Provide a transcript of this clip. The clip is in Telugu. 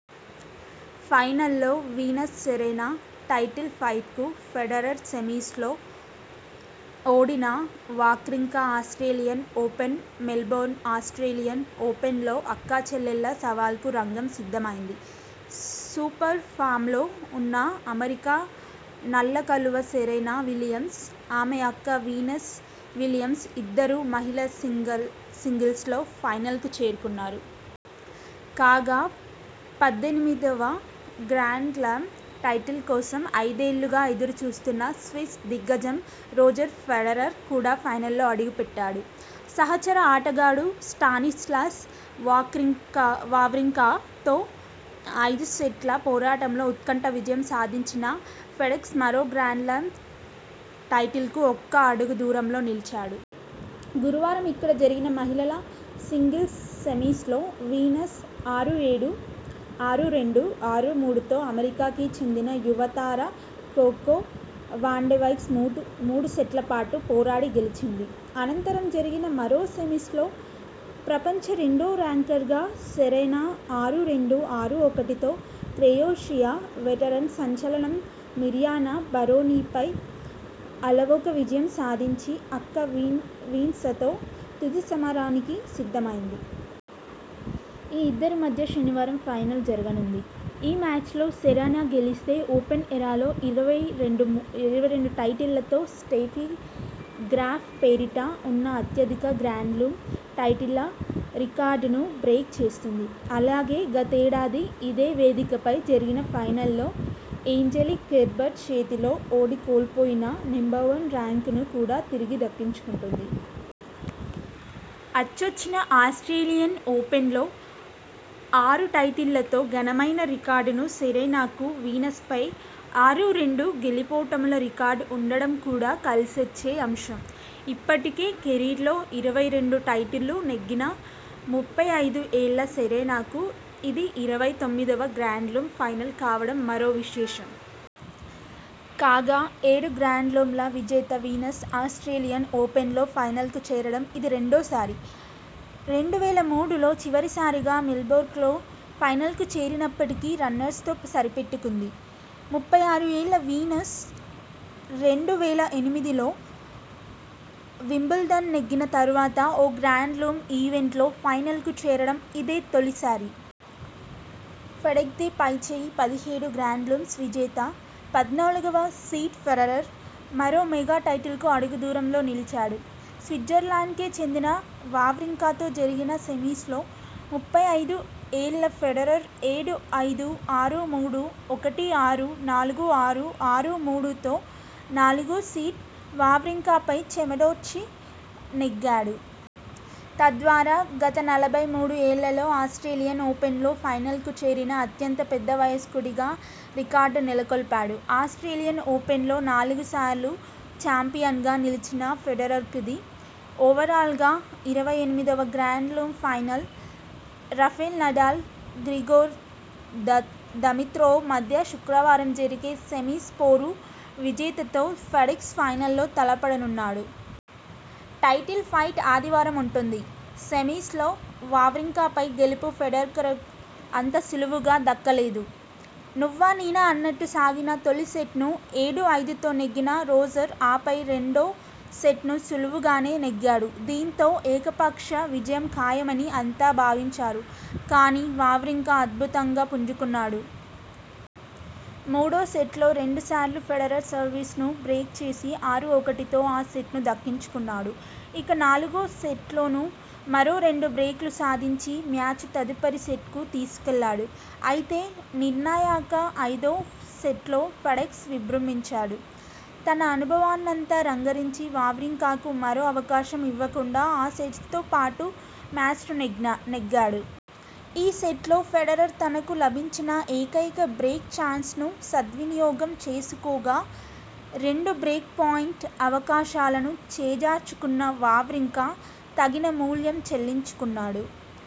ఫైనల్లో వీనస్ సెరెనా టైటిల్ ఫైట్కు ఫెడరర్ సెమీస్ లో ఓడిన Wawrinka Australian Open Melbourne Australian ఓపెన్లో అక్కా చెల్లెళ్ల సవాల్కు రంగం సిద్ధమైంది. సూపర్ ఫామ్లో ఉన్న అమెరికా నల్ల కలువ సెరెనా విలియమ్స్, ఆమె అక్క వీనస్ విలియమ్స్ ఇద్దరూ మహిళల సింగిల్స్ సింగల సింగిల్స్లో ఫైనల్కు చేరుకున్నారు. కాగా పద్దెనిమిదివ గ్రాండ్స్లామ్ టైటిల్ కోసం ఐదేళ్లుగా ఎదురు చూస్తున్న స్విస్ దిగ్గజం రోజర్ ఫెడరర్ కూడా ఫైనల్లో అడుగుపెట్టాడు. సహచర ఆటగాడు స్టానిస్లాస్ వావ్రింకా తో ఐదుసెట్ల పోరాటంలో ఉత్కంఠ విజయం సాధించిన ఫెడెక్స్ మరో గ్రాండ్స్లామ్ టైటిల్కు ఒక్క అడుగు దూరంలో నిలిచాడు. గురువారమిక్కడ జరిగిన మహిళల సింగిల్స్ సెమీస్ లో వీనస్ ఆరు ఏడు, ఆరు రెండు, ఆరు మూడు తో అమెరికాకే చెందిన యువ తార కొకొ వాండెవెగ్పై మూడు సెట్లపాటు పోరాడి గెలిచింది. అనంతరం జరిగిన మరో సెమీస్లో ప్రపంచ రెండో ర్యాంకర్ సెరెనా ఆరు రెండు, ఆరు ఒకటితో క్రొయేషియా వెటరన్ సంచలనం మిర్యానా బరోనీపై అలవోక విజయం సాధించి అక్క వీన్సతో తుది సమరానికి సిద్ధమైంది. ఈ ఇద్దరి మధ్య శనివారం ఫైనల్ జరగనుంది. ఈ మ్యాచ్లో సెరెనా గెలిస్తే ఓపెన్ ఎరాలో ఇరవై రెండు టైటిళ తోగ్రాఫ్ పేరిట ఉన్న అత్యధిక గ్రాండ్స్లామ్ టైటిళ్ల రికార్డును బ్రేక్ చేస్తుంది. అలాగే గతేడాది ఇదే వేదికపై జరిగిన ఫైనల్లో ఏంజెలిక్ కెర్బర్ చేతిలో ఓడి కోల్పోయిన నెంబర్వన్ ర్యాంకును కూడా తిరిగి దక్కించుకుంటుంది. అచ్చొచ్చిన ఆస్ట్రేలియన్ ఓపెన్లో ఆరు టైటిళ్లతో ఘనమైన రికార్డున్న సెరెనాకు వీనస్పై ఆరు-రెండు గెలుపోటముల రికార్డు ఉండడం కూడా కలిసొచ్చే అంశం. ఇప్పటికే కెరీర్లో ఇరవై రెండు టైటిళ్లు నెగ్గిన ముప్పై ఐదు ఏళ్ల సెరెనాకు ఇది ఇరవై తొమ్మిదివ గ్రాండ్స్లామ్ ఫైనల్ కావడం మరో విశేషం. కాగా ఏడు గ్రాండ్స్లామ్ల విజేత వీనస్ ఆస్ట్రేలియన్ ఓపెన్లో ఫైనల్కు చేరడం ఇది రెండోసారి. రెండు వేల మూడులో చివరిసారిగా మెల్బోర్న్లో ఫైనల్కు చేరినప్పటికీ రన్నర్పతో సరిపెట్టుకుంది. ముప్పై ఆరు ఏళ్ల వీనస్ రెండు వేల ఎనిమిదిలో వింబుల్డన్ నెగ్గిన తర్వాత ఓ గ్రాండ్స్లామ్ ఈవెంట్లో ఫైనల్కు చేరడం ఇదే తొలిసారి. ఫెడెక్స్దే పైచేయి పదిహేడు గ్రాండ్స్లామ్స్ విజేత, పద్నాలుగువ సీడ్ ఫెడరర్ మరో మెగా టైటిల్కు అడుగు దూరంలో నిలిచాడు. స్విట్జర్లాండ్కే చెందిన వావ్రింకా తో జరిగిన సెమీస్ లో ముప్పై ఐదు ఏళ్ల ఫెడరర్ ఏడు ఐదు, ఆరు మూడు, ఒకటి ఆరు, నాలుగు ఆరు, ఆరు మూడుతో నాలుగో సీడ్ వావ్రింకాపై చెమటోడ్చి నెగ్గాడు. తద్వారా గత నలభై మూడు ఏళ్లలో ఆస్ట్రేలియన్ ఓపెన్లో ఫైనల్కు చేరిన అత్యంత పెద్ద వయస్కుడిగా రికార్డు నెలకొల్పాడు. ఆస్ట్రేలియన్ ఓపెన్లో నాలుగు సార్లు చాంపియన్గా నిలిచిన ఫెడరర్కిది ఓవరాల్గా ఇరవై ఎనిమిదివ grand slam final. Rafael Nadal, Grigor Dimitrov మధ్య శుక్రవారం జరిగే సెమీస్ పోరు విజేతతో ఫెడెక్స్ ఫైనల్లో తలపడనున్నాడు. టైటిల్ ఫైట్ ఆదివారం ఉంటుంది. సెమీ్సలో వావ్రింకాపై గెలుపు ఫెడరర్కు అంత సులువుగా దక్కలేదు. నువ్వా నేనా అన్నట్టు సాగిన తొలిసెట్ను ఏడు ఐదుతో నెగ్గిన రోజర్ ఆపై రెండో సెట్నూ సులువుగానే నెగ్గాడు. దీంతో ఏక పక్ష విజయం ఖాయమని అంతా భావించారు. కానీ వావ్రింకా అద్భుతంగా పుంజుకున్నాడు. మూడో సెట్లో రెండు సార్లు ఫెడరర్ సర్వీస్ను బ్రేక్ చేసి ఆరు ఒకటితో ఆ సెట్ను దక్కించుకున్నాడు. ఇక నాలుగో సెట్లోనూ మరో రెండు బ్రేక్లు సాధించి మ్యాచ్ను తదుపరి సెట్కు తీసుకెళ్లాడు. అయితే నిర్ణాయక ఐదో సెట్లో ఫెడెక్స్ విజృంభించాడు. తన అనుభవాన్నంతా రంగరించి వావ్రింకాకు మరో అవకాశం ఇవ్వకుండా ఆ సెట్తోపాటు మ్యాచ్నూ నెగ్గాడు. ఈ సెట్లో ఫెడరర్ తనకు లభించిన ఏకైక బ్రేక్ చాన్స్ను సద్వినియోగం చేసుకోగా రెండు బ్రేక్ పాయింట్ అవకాశాలను చేజార్చుకున్న వావ్రింకా తగిన మూల్యం చెల్లించుకున్నాడు.